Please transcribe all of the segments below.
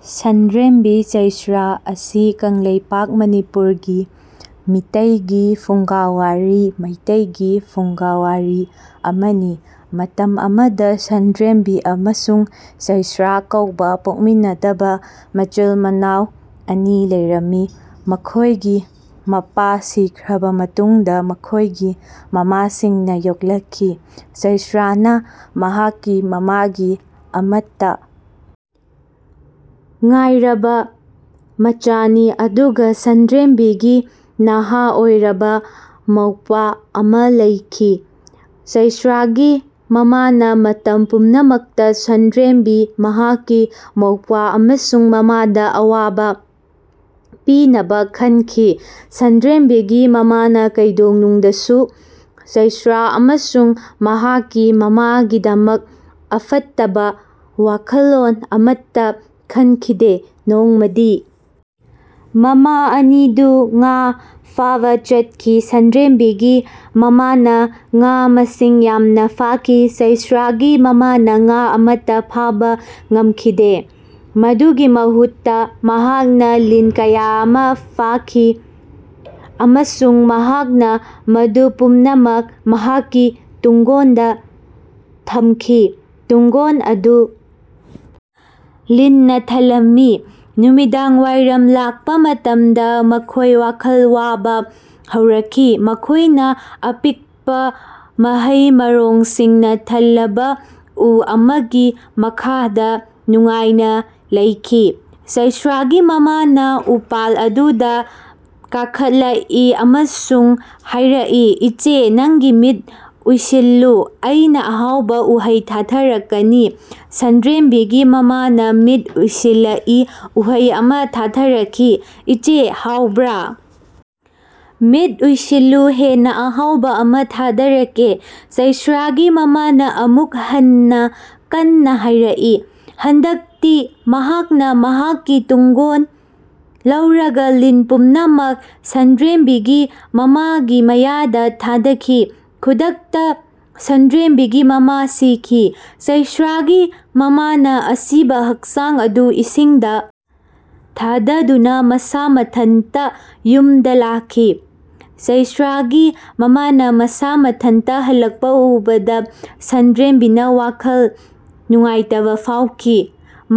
ꯁꯟꯗ꯭ꯔꯦꯝꯕꯤ ꯆꯩꯁ꯭ꯔꯥ ꯑꯁꯤ ꯀꯪꯂꯩꯄꯥꯛ (ꯃꯅꯤꯄꯨꯔ) ꯒꯤ ꯃꯤꯇꯩꯒꯤ ꯐꯨꯡꯒꯥꯋꯥꯔꯤ (ꯃꯩꯇꯩꯒꯤ ꯐꯨꯡꯒꯥꯋꯥꯔꯤ) ꯑꯃꯅꯤ꯫ ꯃꯇꯝ ꯑꯃꯗꯥ ꯁꯟꯗ꯭ꯔꯦꯝꯕꯤ ꯑꯃꯁꯨꯡ ꯆꯩꯁꯔꯥ ꯀꯧꯕꯥ ꯄꯣꯛꯃꯤꯟꯅꯗꯕ ꯃꯆꯤꯜ ꯃꯅꯥꯎ ꯑꯅꯤ ꯂꯩꯔꯝꯃꯤ꯫ ꯃꯈꯣꯏꯒꯤ ꯃꯄꯥ ꯁꯤꯔꯕ ꯃꯇꯨꯡꯗ ꯃꯈꯣꯏꯒꯤ ꯃꯃꯥꯁꯤꯡꯅ ꯌꯣꯛꯂꯛꯈꯤ꯫ ꯆꯩꯁ꯭ꯔꯥꯅ ꯃꯍꯥꯛꯀꯤ ꯃꯃꯥꯒꯤ ꯑꯃꯠꯇ ꯉꯥꯏꯔꯕ ꯃꯆꯥꯅꯤ ꯑꯗꯨꯒ ꯁꯟꯗ꯭ꯔꯦꯝꯕꯤꯒꯤ ꯅꯍꯥ ꯑꯣꯏꯔꯤꯕ ꯃꯧꯄ꯭ꯋꯥ ꯑꯃꯥ ꯂꯩꯈꯤ꯫ ꯆꯩꯁ꯭ꯔꯥꯒꯤ ꯃꯃꯥꯅ ꯃꯇꯝ ꯄꯨꯝꯅꯃꯛꯇ ꯁꯥꯟꯗ꯭ꯔꯦꯝꯕꯤ, ꯃꯍꯥꯛꯀꯤ ꯃꯧꯄ꯭ꯋꯥ ꯑꯃꯁꯨꯡ ꯃꯃꯥꯗ ꯑꯋꯥꯕ ꯄꯤꯅꯕ ꯈꯟꯈꯤ꯫ ꯁꯟꯗ꯭ꯔꯦꯝꯕꯤꯒꯤ ꯃꯃꯥꯅ ꯀꯩꯗꯧꯉꯩꯗꯁꯨ ꯆꯩꯁ꯭ꯔꯥ ꯑꯃꯁꯨꯡ ꯃꯍꯥꯛꯀꯤ ꯃꯃꯥꯒꯤꯗꯃꯛ ꯑꯐꯠꯇꯕ ꯋꯥꯈꯜꯂꯣꯟ ꯑꯃꯠꯇ ꯈꯟꯈꯤꯗꯦ꯫ ꯅꯣꯡꯃꯗꯤ ꯃꯃꯥ ꯑꯅꯤꯗꯨ ꯉꯥ ꯐꯥꯕꯥ ꯆꯠꯈꯤ꯫ ꯁꯟꯗ꯭ꯔꯦꯝꯕꯤꯒꯤ ꯃꯃꯥꯅ ꯉꯥ ꯃꯁꯤꯡ ꯌꯥꯝꯅ ꯐꯥꯈꯤ꯫ ꯆꯩꯁ꯭ꯔꯥꯒꯤ ꯃꯃꯥꯅ ꯉꯥ ꯑꯃꯠꯇꯥ ꯐꯥꯕ ꯉꯝꯈꯤꯗꯦ꯫ ꯃꯗꯨꯒꯤ ꯃꯍꯨꯠꯇ ꯃꯍꯥꯛꯅ ꯂꯤꯟ ꯀꯌꯥ ꯑꯃ ꯐꯥꯈꯤ ꯑꯃꯁꯨꯡ ꯃꯍꯥꯛꯅ ꯃꯗꯨ ꯄꯨꯝꯅꯃꯛ ꯃꯍꯥꯛꯀꯤ ꯇꯨꯡꯒꯣꯟꯗ ꯊꯝꯈꯤ꯫ ꯇꯨꯡꯒꯣꯟ ꯑꯗꯨ ꯂꯤꯟꯅ ꯊꯜꯂꯝꯃꯤ꯫ ꯅꯨꯃꯤꯗꯥꯡꯋꯥꯏꯔꯝ ꯂꯥꯛꯄ ꯃꯇꯝꯗ ꯃꯈꯣꯏ ꯋꯥꯈꯜ ꯋꯥꯕ ꯍꯧꯔꯛꯈꯤ꯫ ꯃꯈꯣꯏꯅ ꯑꯄꯤꯛꯄꯥ ꯃꯍꯩ ꯃꯔꯣꯡꯁꯤꯡꯅ ꯊꯜꯂꯕ ꯎ ꯑꯃꯒꯤ ꯃꯈꯥꯗ ꯅꯨꯡꯉꯥꯏꯅ ꯂꯩꯈꯤ꯫ ꯆꯩꯁ꯭ꯔꯥꯒꯤ ꯃꯃꯥꯅ ꯎꯄꯥꯜ ꯑꯗꯨꯗ ꯀꯥꯈꯠꯂꯛꯏ ꯑꯃꯁꯨꯡ ꯍꯥꯏꯔꯛꯏ, "ꯏꯆꯦ, ꯅꯪꯒꯤ ꯃꯤꯠ ꯎꯏꯁꯤꯜꯂꯨ, ꯑꯩꯅꯥ ꯑꯍꯥꯎꯕ ꯎꯍꯩ ꯊꯥꯗꯔꯛꯀꯅꯤ꯫ ꯁꯟꯗ꯭ꯔꯦꯝꯕꯤꯒꯤ ꯃꯃꯥꯅ ꯃꯤꯠ ꯎꯏꯁꯤꯜꯂꯛꯏ꯫ ꯎꯍꯩ ꯑꯃ ꯊꯥꯗꯔꯛꯈꯤ꯫ "ꯏꯆꯦ, ꯍꯥꯎꯕ꯭ꯔꯥ? ꯃꯤꯠ ꯎꯏꯁꯤꯜꯂꯨ ꯍꯦꯟꯅ ꯑꯍꯥꯎꯕ ꯑꯃ ꯊꯥꯗꯔꯛꯀꯦ" ꯆꯩꯁꯔꯒꯤ ꯃꯃꯥꯅ ꯑꯃꯨꯛ ꯍꯟꯅ ꯀꯟꯅ ꯍꯥꯏꯔꯛꯏ꯫ ꯍꯟꯗꯛꯇꯤ ꯃꯍꯥꯛꯅ ꯃꯍꯥꯛꯀꯤ ꯇꯨꯡꯒꯣꯟ ꯂꯧꯔꯒ ꯂꯤꯟ ꯄꯨꯝꯅꯃꯛ ꯁꯥꯟꯗ꯭ꯔꯦꯝꯕꯤꯒꯤ ꯃꯃꯥꯒꯤ ꯃꯌꯥꯗ ꯊꯥꯗꯈꯤ꯫ ꯈꯨꯗꯛꯇ ꯁꯥꯟꯗ꯭ꯔꯦꯝꯕꯤꯒꯤ ꯃꯃꯥ ꯁꯤꯈꯤ꯫ ꯆꯩꯁ꯭ꯔꯥꯒꯤ ꯃꯃꯥꯅ ꯑꯁꯤꯕ ꯍꯛꯆꯥꯡ ꯑꯗꯨ ꯏꯁꯤꯡꯗ ꯊꯥꯗꯗꯨꯅ ꯃꯁꯥ ꯃꯊꯟꯇ ꯌꯨꯝꯗ ꯂꯥꯛꯈꯤ꯫ ꯆꯩꯁ꯭ꯔꯥꯒꯤ ꯃꯃꯥꯅ ꯃꯁꯥ ꯃꯊꯟꯇ ꯍꯜꯂꯛꯄ ꯎꯕꯗ ꯁꯟꯗ꯭ꯔꯦꯝꯕꯤꯅ ꯋꯥꯈꯜ ꯅꯨꯡꯉꯥꯏꯇꯕ ꯐꯥꯎꯈꯤ꯫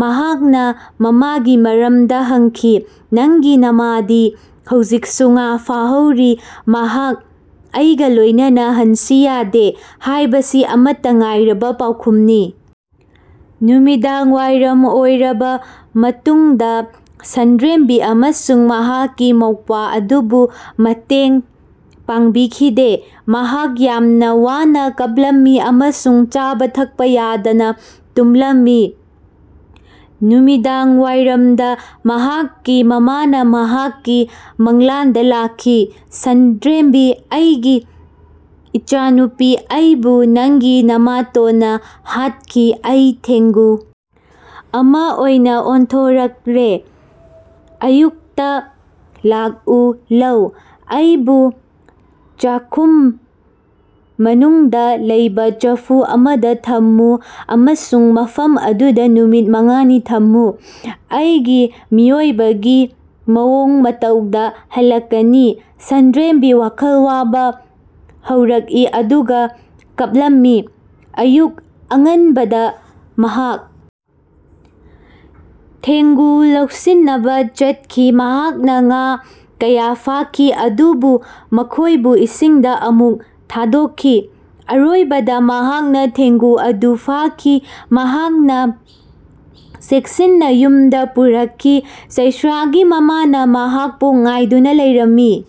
ꯃꯍꯥꯛꯅ ꯃꯃꯥꯒꯤ ꯃꯔꯝꯗ ꯍꯪꯈꯤ꯫ "ꯅꯪꯒꯤ ꯅꯃꯥꯗꯤ ꯍꯧꯖꯤꯛꯁꯨ ꯉꯥ ꯐꯥꯍꯧꯔꯤ꯫ ꯃꯍꯥꯛ ꯑꯩꯒꯥ ꯂꯣꯏꯅꯅ ꯍꯟꯁꯦ ꯌꯥꯗꯦ" ꯍꯥꯏꯕꯁꯤ ꯑꯃꯠꯇ ꯉꯥꯏꯔꯕ ꯄꯥꯎꯈꯨꯝꯅꯤ꯫ ꯅꯨꯃꯤꯗꯥꯡꯋꯥꯏꯔꯝ ꯑꯣꯏꯔꯕ ꯃꯇꯨꯡꯗ ꯁꯟꯗ꯭ꯔꯦꯝꯕꯤ ꯑꯃꯁꯨꯡ ꯃꯍꯥꯛꯀꯤ ꯃꯧꯄ꯭ꯋꯥ ꯑꯗꯨꯕꯨ ꯃꯇꯦꯡ ꯄꯥꯥꯡꯕꯤꯈꯤꯗꯦ꯫ ꯃꯍꯥꯛ ꯌꯥꯝꯅ ꯋꯥꯅ ꯀꯞꯂꯝꯃꯤ ꯑꯃꯁꯨꯡ ꯆꯥꯕ ꯊꯛꯄ ꯌꯥꯗꯅ ꯇꯨꯝꯂꯝꯃꯤ꯫ ꯅꯨꯃꯤꯗꯥꯡꯋꯥꯏꯔꯝꯗ ꯃꯍꯥꯛꯀꯤ ꯃꯃꯥꯅ ꯃꯍꯥꯛꯀꯤ ꯃꯪꯂꯥꯟꯗꯥ ꯂꯥꯛꯈꯤ꯫"ꯁꯟꯗ꯭ꯔꯦꯝꯕꯤ, ꯑꯩꯒꯤ ꯏꯆꯥꯅꯨꯄꯤ, ꯑꯩꯕꯨ ꯅꯪꯒꯤ ꯅꯃꯥꯇꯣꯟꯅ ꯍꯥꯠꯈꯤ꯫ ꯑꯩ ꯊꯦꯡꯒꯨ ꯑꯃ ꯑꯣꯏꯅ ꯑꯣꯟꯊꯣꯛꯈ꯭ꯔꯦ꯫ ꯑꯌꯨꯛꯇꯥ ꯂꯥꯛꯎ ꯂꯧ꯫ ꯑꯩꯕꯨ ꯆꯥꯛꯈꯨꯝ ꯃꯅꯨꯡꯗ ꯂꯩꯕꯥ ꯆꯐꯨ ꯑꯃꯗ ꯊꯝꯃꯨ꯫ ꯑꯃꯁꯨꯡ ꯃꯐꯝ ꯑꯗꯨꯗ ꯅꯨꯃꯤꯠ ꯃꯉꯥꯅꯤ ꯊꯝꯃꯨ꯫ ꯑꯩꯒꯤ ꯃꯤꯑꯣꯏꯕꯒꯤ ꯃꯑꯣꯡ ꯃꯇꯧꯗꯥ ꯍꯜꯂꯛꯀꯅꯤ꯫" ꯁꯟꯗ꯭ꯔꯦꯝꯕꯤꯅ ꯋꯥꯈꯜ ꯋꯥꯕ ꯍꯧꯔꯛꯏ ꯑꯗꯨꯒ ꯀꯞꯂꯝꯃꯤ꯫ ꯑꯌꯨꯛ ꯑꯉꯟꯕꯗ ꯃꯍꯥꯛ ꯊꯦꯡꯒꯨ ꯂꯧꯁꯤꯟꯅꯕ ꯆꯠꯈꯤ꯫ ꯃꯍꯥꯛꯅ ꯉꯥ ꯀꯌꯥ ꯐꯥꯈꯤ ꯑꯗꯨꯕꯨ ꯃꯈꯣꯏꯕꯨ ꯏꯁꯤꯡꯗ ꯑꯃꯨꯛ ꯊꯥꯗꯣꯛꯈꯤ꯫ ꯑꯔꯣꯏꯕꯗ ꯃꯍꯥꯛꯅ ꯊꯦꯡꯒꯨ ꯑꯗꯨ ꯐꯥꯈꯤ꯫ ꯃꯍꯥꯛꯅꯥ ꯆꯦꯛꯁꯤꯟꯅ ꯌꯨꯝꯗ ꯄꯨꯔꯛꯈꯤ꯫ ꯆꯩꯁꯔꯒꯤ ꯃꯃꯥꯅꯥ ꯃꯍꯥꯛꯄꯨ ꯉꯥꯏꯗꯨꯅ ꯂꯩꯔꯝꯃꯤ꯫